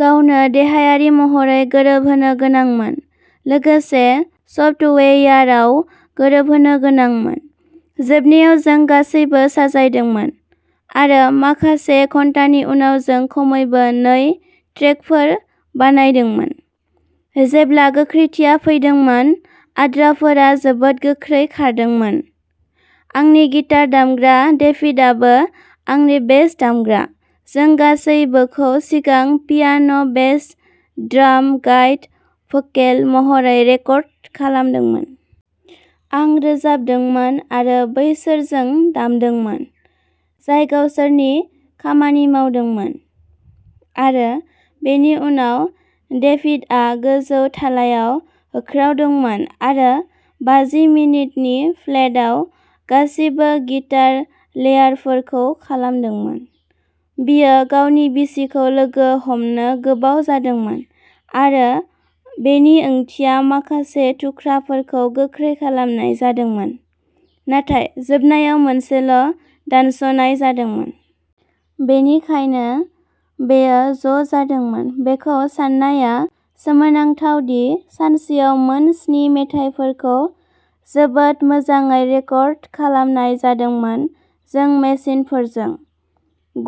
गावनो देहायारि महरै गोरोबहोनो गोनांमोन, लोगोसे सफ्टवेयारआव गोरोबहोनो गोनांमोन। जोबनायाव जों गासैबो साजायदोंमोन, आरो माखासे घन्टानि उनाव जों खमैबो नै ट्रेकफोर बानायदोंमोन। जेब्ला गोख्रैथिया फैदोंमोन, आद्राफोरा जोबोद गोख्रै खारदोंमोन। आंनि गिटार दामग्रा डेभिडआबो आंनि बेस दामग्रा, जों गासैबोखौ सिगां piano' bass drum guitar vocal महरै रेकर्ड खालामदोंमोन। आं रोजाबदोंमोन आरो बैसोरजों दामदोंमोन, जाय गावसोरनि खामानि मावदोंमोन। आरो बेनि उनाव डेभिडआ गोजौ थालायाव होख्रावदोंमोन आरो बाजि मिनिटनि फ्लेटआव गासिबो गिटार लेयारफोरखौ खालामदोंमोन। बियो गावनि बिसिखौ लोगो हमनो गोबाव जादोंमोन, आरो बेनि ओंथिया माखासे थुख्राफोरखौ गोख्रै खालामनाय जादोंमोन, नाथाय जोबनायाव मोनसेल' दानस'नाय जादोंमोन। बेनिखायनो बेयो ज' जादोंमोन। बेखौ साननाया सोमोनांथाव दि सानसेआव मोन स्नि मेथाइफोरखौ जोबोद मोजाङै रेकर्ड खालामनाय जादोंमोन जों मेसिनफोरजों।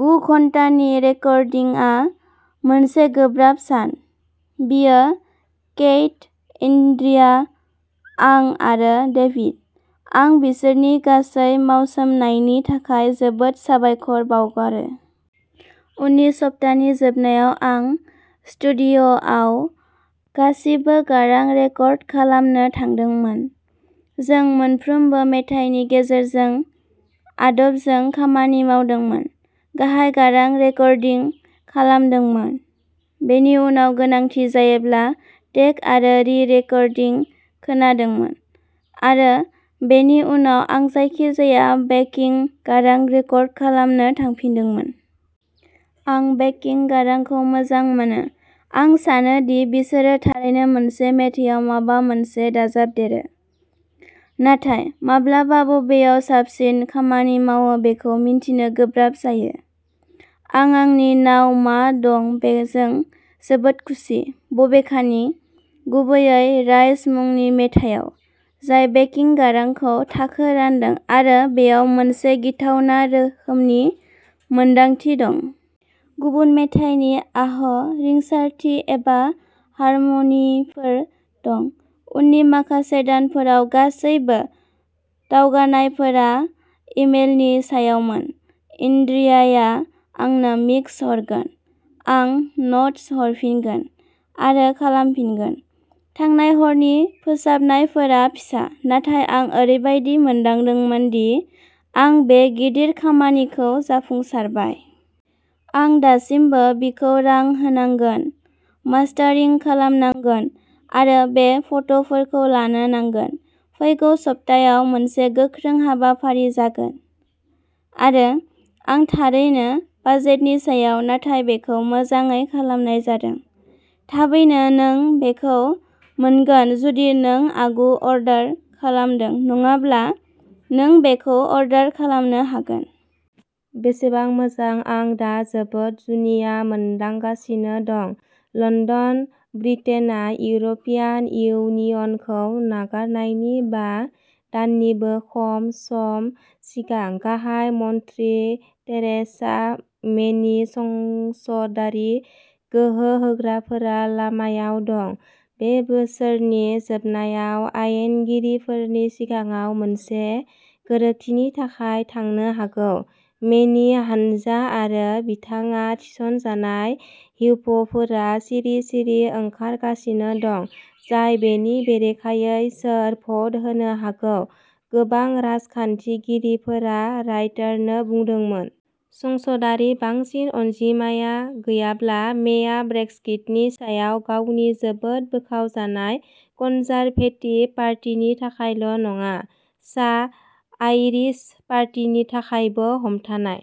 गु घन्टानि रेकर्डिंआ मोनसे गोब्राब सान। बियो केइथ, एन्ड्रिया।, आं आरो डेभिड। आं बिसोरनि गासै मावसोमनायनि थाखाय जोबोद साबायखर बावगारो। उननि सप्तानि जोबनायाव आं स्टुडिय'आव गासिबो गारां रेकर्ड खालामनो थांदोंमोन। जों मोनफ्रोमबो मेथाइनि गेजेरजों आदबजों खामानि मावदोंमोन, गाहाय गारां रेकर्डिं खालामदोंमोन, बेनि उनाव गोनांथि जायोब्ला टेक आरो रि-रेकर्डिं खोनादोंमोन, आरो बेनि उनाव आं जायखिजाया बेकिं गारां रेकर्ड खालामनो थांफिनदोंमोन। आं बेकिं गारांखौ मोजां मोनो-आं सानो दि बिसोरो थारैनो मोनसे मेथायाव माबा मोनसे दाजाबदेरो, नाथाय माब्लाबा बबेयाव साबसिन खामानि मावो बेखौ मिन्थिनो गोब्राब जायो। आं आंनि नाव मा दं बेजों जोबोद खुसि, बबेखानि, गुबैयै राइज मुंनि मेथायाव, जाय बेकिं गारांखौ थाखो रानदों आरो बेयाव मोनसे गिथावना रोखोमनि मोनदांथि दं। गुबुन मेथाइनि आह' रिंसारथि एबा हारमनिफोर दं। उननि माखासे दानफोराव गासैबो दावगानायफोरा इमेलनि सायावमोन एन्ड्रियाया आंनो मिक्स हरगोन, आं न'ट्स हरफिनगोन, आरो खालामफिनगोन। थांनाय हरनि फोसाबनायफोरा फिसा, नाथाय आं ओरैबायदि मोन्दांदोंमोन दि आं बे गिदिर खामानिखौ जाफुंसारबाय। आं दासिमबो बिखौ रां होनांगोन, मास्टारिं खालामनांगोन, आरो बे फट'फोरखौ लानो नांगोन फैगौ सप्तायाव मोनसे गोख्रों हाबाफारि जागोन। आरो आं थारैनो बाजेटनि सायाव, नाथाय बेखौ मोजाङै खालामनाय जादों। थाबैनो नों बेखौ मोनगोन जुदि नों आगु अर्डार खालामदों, नङाब्ला नों बेखौ अर्डार खालामनो हागोन। बेसेबां मोजां आं दा जोबोद जुनिया मोनदांगासिनो दं। लन्दन -ब्रिटेनआ इउर'पियान इउनियनखौ नागारनायनि बा दाननिबो खम सम सिगां, गाहाय मन्थ्रि थेरेसा मेनि संसदारि गोहो होग्राफोरा लामायाव दं। बे बोसोरनि जोबनायाव आयेनगिरिफोरनि सिगाङाव मोनसे गोरोबथिनि थाखाय थांनो हागौ, मेनि हानजा आरो बिथाङा थिसनजानाय व्हिपफोरा सिरि-सिरि ओंखारगासिनो दं, जाय बेनि बेरेखायै सोर भ'ट होनो हागौ, गोबां राजखान्थिगिरिफोरा रायटारनो बुंदोंमोन। संसदारि बांसिन अनजिमा गैयाब्ला, मेया ब्रेक्सिटनि सायाव गावनि जोबोद बोखावजानाय कन्जारभेटिभ पार्टिनि थाखायल' नङा, सा-आइरिश पार्टिनि थाखायबो हमथानाय।